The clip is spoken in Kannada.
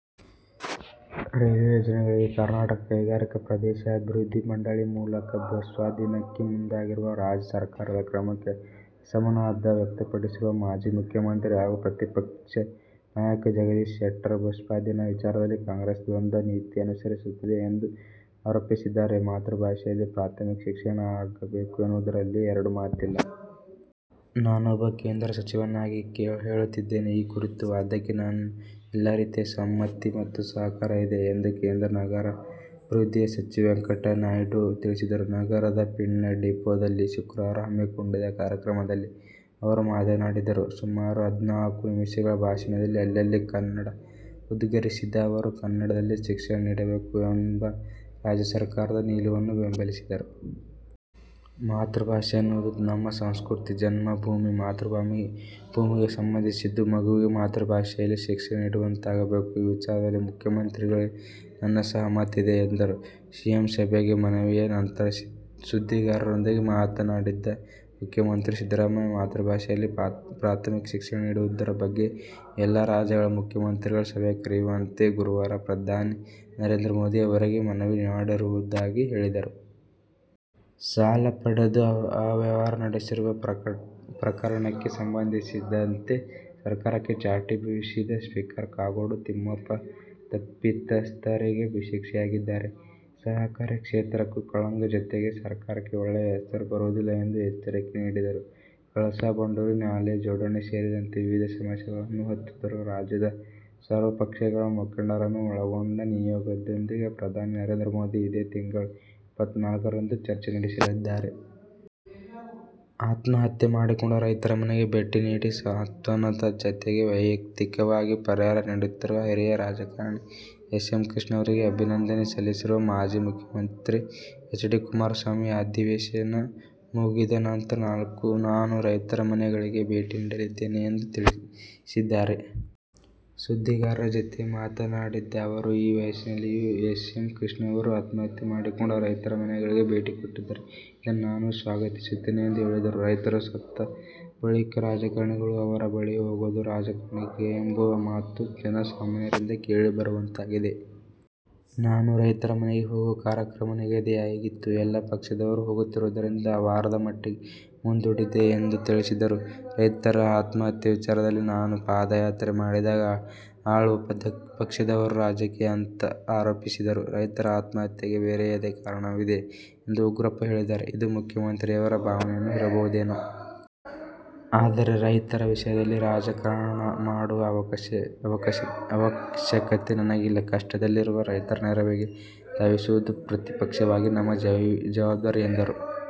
ರೈಲ್ವೆ ಯೋಜನೆಗಳಿಗೆ ಕರ್ನಾಟಕ ಕೈಗಾರಿಕಾ ಪ್ರದೇಶಾಭಿವೃದ್ಧಿ ಮಂಡಳಿ ಮೂಲಕ ಭೂಸ್ವಾಧೀನಕ್ಕೆ ಮುಂದಾಗಿರುವ ರಾಜ್ಯ ಸರ್ಕಾರದ ಕ್ರಮಕ್ಕೆ ಅಸಮಾಧಾನ ವ್ಯಕ್ತಪಡಿಸಿರುವ ಮಾಜಿ ಮುಖ್ಯಮಂತ್ರಿ ಹಾಗೂ ಪ್ರತಿಪಕ್ಷ ನಾಯಕ ಜಗದೀಶ್ ಶೆಟ್ಟರ್ ಭೂಸ್ವಾಧೀನ ವಿಚಾರದಲ್ಲಿ ಕಾಂಗ್ರೆಸ್ ದ್ವಂದ್ವ ನೀತಿ ಅನುಸರಿಸುತ್ತಿದೆ ಎಂದು ಆರೋಪಿಸಿದ್ದಾರೆ. "ಮಾತೃಭಾಷೆಯಲ್ಲೇ ಪ್ರಾಥಮಿಕ ಶಿಕ್ಷಣ ಆಗಬೇಕು ಎನ್ನುವುದರಲ್ಲಿ ಎರಡು ಮಾತಿಲ್ಲ. ನಾನೊಬ್ಬ ಕೇಂದ್ರ ಸಚಿವನಾಗಿ ಹೇಳುತ್ತಿದ್ದೇನೆ. ಈ ಕುರಿತ ವಾದಕ್ಕೆ ನನ್ನ ಎಲ್ಲ ರೀತಿಯ ಸಮ್ಮತಿ ಮತ್ತು ಸಹಕಾರ ಇದೆ' ಎಂದು ಕೇಂದ್ರ ನಗರಾಭಿವೃದ್ಧಿ ಸಚಿವ ವೆಂಕಯ್ಯನಾಯ್ಡು ತಿಳಿಸಿದರು. ನಗರದ ಪೀಣ್ಯ ಡಿಪೋದಲ್ಲಿ ಶುಕ್ರವಾರ ಹಮ್ಮಿಕೊಂಡಿದ್ದ ಕಾರ್ಯಕ್ರಮದಲ್ಲಿ ಅವರು ಮಾತನಾಡಿದರು. ಸುಮಾರು ಹದಿನಾಲ್ಕು ನಿಮಿಷಗಳ ಭಾಷಣದಲ್ಲಿ ಅಲ್ಲಲ್ಲಿ ಕನ್ನಡ ಉದ್ಗರಿಸಿದ ಅವರು, ಕನ್ನಡದಲ್ಲೇ ಶಿಕ್ಷಣ ನೀಡಬೇಕು ಎಂಬ ರಾಜ್ಯ ಸರ್ಕಾರದ ನಿಲುವನ್ನು ಬೆಂಬಲಿಸಿದರು. ಮಾತೃಭಾಷೆ ಎನ್ನುವುದು ನಮ್ಮ ಸಂಸ್ಕೃತಿ, ಜನ್ಮಭೂಮಿ, ಮಾತೃಭೂಮಿಗೆ ಸಂಬಂಧಿಸಿದ್ದು. ಮಗುವಿಗೆ ಮಾತೃಭಾಷೆಯಲ್ಲೇ ಶಿಕ್ಷಣ ನೀಡುವಂತಾಗಬೇಕು. ಈ ವಿಚಾರದಲ್ಲಿ ಮುಖ್ಯಮಂತ್ರಿಗಳಿಗೆ ನನ್ನ ಸಹಮತ ಇದೆ ಎಂದರು. ಸಿಎಂ ಸಭೆಗೆ ಮನವಿಯ ನಂತರ ಸುದ್ದಿಗಾರರೊಂದಿಗೆ ಮಾತನಾಡಿದ ಮುಖ್ಯಮಂತ್ರಿ ಸಿದ್ದರಾಮಯ್ಯ, ಮಾತೃಭಾಷೆಯಲ್ಲಿ ಪ್ರಾಥಮಿಕ ಶಿಕ್ಷಣ ನೀಡುವುದರ ಬಗ್ಗೆ ಎಲ್ಲ ರಾಜ್ಯಗಳ ಮುಖ್ಯಮಂತ್ರಿಗಳ ಸಭೆ ಕರೆಯುವಂತೆ ಗುರುವಾರ ಪ್ರಧಾನಿ ನರೇಂದ್ರ ಮೋದಿ ಅವರಿಗೆ ಮನವಿ ಮಾಡಿರುವುದಾಗಿ ಹೇಳಿದರು. ಸಾಲ ಪಡೆದು ಅವ್ಯವಹಾರ ನಡೆಸಿರುವ ಪ್ರಕರಣಕ್ಕೆ ಸಂಬಂಧಿಸಿದಂತೆ ಸರ್ಕಾರಕ್ಕೆ ಚಾಟಿ ಬೀಸಿದ ಸ್ಪೀಕರ್ ಕಾಗೋಡು ತಿಮ್ಮಪ್ಪ, ತಪ್ಪಿತಸ್ಥರಿಗೆ ಶಿಕ್ಷೆಯಾಗದಿದ್ದರೆ ಸಹಕಾರಿ ಕ್ಷೇತ್ರಕ್ಕೂ ಕಳಂಕ ಜತೆಗೆ ಸರ್ಕಾರಕ್ಕೆ ಒಳ್ಳೆ ಹೆಸರು ಬರುವುದಿಲ್ಲ ಎಂದು ಎಚ್ಚರಿಕೆ ನೀಡಿದರು. ಕಳಸಾ- ಬಂಡೂರಿ ನಾಲಾ ಜೋಡಣೆ ಸೇರಿದಂತೆ ವಿವಿಧ ಸಮಸ್ಯೆಗಳನ್ನು ಹೊತ್ತು ತರುವ ರಾಜ್ಯದ ಸರ್ವಪಕ್ಷಗಳ ಮುಖಂಡರನ್ನು ಒಳಗೊಂಡ ನಿಯೋಗದೊಂದಿಗೆ ಪ್ರಧಾನಿ ನರೇಂದ್ರ ಮೋದಿ ಇದೇ ತಿಂಗಳ ಇಪ್ಪತ್ತ ನಾಲ್ಕರಂದು ಚರ್ಚೆ ನಡೆಸಲಿದ್ದಾರೆ. ಆತ್ಮಹತ್ಯೆ ಮಾಡಿಕೊಂಡ ರೈತರ ಮನೆಗೆ ಭೇಟಿ ನೀಡಿ ಸಾಂತ್ವನದ ಜತೆಗೆ ವೈಯಕ್ತಿಕವಾಗಿ ಪರಿಹಾರ ನೀಡುತ್ತಿರುವ ಹಿರಿಯ ರಾಜಕಾರಣಿ ಎಸ್. ಎಂ. ಕೃಷ್ಣ ಅವರಿಗೆ ಅಭಿನಂದನೆ ಸಲ್ಲಿಸಿರುವ ಮಾಜಿ ಮುಖ್ಯಮಂತ್ರಿ ಎಚ್. ಡಿ. ಕುಮಾರಸ್ವಾಮಿ ಅಧಿವೇಶನ ಮುಗಿದ ನಂತರ ನಾನೂ ರೈತರ ಮನೆಗಳಿಗೆ ಭೇಟಿ ನೀಡಲಿದ್ದೇನೆ ಎಂದು ತಿಳಿಸಿದ್ದಾರೆ. ಸುದ್ದಿಗಾರರ ಜತೆ ಮಾತನಾಡಿದ ಅವರು ಈ ವಯಸ್ಸಿನಲ್ಲಿಯೂ ಎಸ್. ಎಂ. ಕೃಷ್ಣ ಅವರು ಆತ್ಮಹತ್ಯೆ ಮಾಡಿಕೊಂಡ ರೈತರ ಮನೆಗಳಿಗೆ ಭೇಟಿ ಕೊಟ್ಟಿದ್ದಾರೆ. ಇದನ್ನು ನಾನು ಸ್ವಾಗತಿಸುತ್ತೇನೆ ಎಂದು ಹೇಳಿದರು. ರೈತರು ಸತ್ತ ಬಳಿಕ ರಾಜಕಾರಣಿಗಳು ಅವರ ಬಳಿ ಹೋಗೋದು ರಾಜಕಾರಣಕ್ಕೆ ಎಂಬ ಮಾತು ಜನಸಾಮಾನ್ಯರಿಂದ ಕೇಳಿಬರುವಂತಾಗಿದೆ. ನಾನೂ ರೈತರ ಮನೆಗೆ ಹೋಗುವ ಕಾರ್ಯಕ್ರಮ ನಿಗದಿಯಾಗಿತ್ತು. ಎಲ್ಲ ಪಕ್ಷದವರು ಹೋಗುತ್ತಿರುವುದರಿಂದ ವಾರದ ಮಟ್ಟಿಗೆ ಮುಂದೂಡಿದ್ದೇನೆ ಎಂದು ತಿಳಿಸಿದರು. ರೈತರ ಆತ್ಮಹತ್ಯೆ ವಿಚಾರದಲ್ಲಿ ನಾನು ಪಾದಯಾತ್ರೆ ಮಾಡಿದಾಗ ಆಳುವ ಪಕ್ಷದವರು ರಾಜಕೀಯ ಅಂತ ಆರೋಪಿಸಿದರು. ರೈತರ ಆತ್ಮಹತ್ಯೆಗೆ ಬೇರೆಯದೇ ಕಾರಣವಿದೆ ಎಂದು ಉಗ್ರಪ್ಪ ಹೇಳಿದ್ದಾರೆ. ಇದು ಮುಖ್ಯಮಂತ್ರಿಯವರ ಭಾವನೆಯೂ ಇರಬಹುದೇನೋ. ಆದರೆ, ರೈತರ ವಿಷಯದಲ್ಲಿ ರಾಜಕಾರಣ ಮಾಡುವ ಅವಶ್ಯಕತೆ ನನಗಿಲ್ಲ. ಕಷ್ಟದಲ್ಲಿರುವ ರೈತರ ನೆರವಿಗೆ ಧಾವಿಸುವುದು ಪ್ರತಿಪಕ್ಷವಾಗಿ ನಮ್ಮ ಜವಾಬ್ದಾರಿ ಎಂದರು.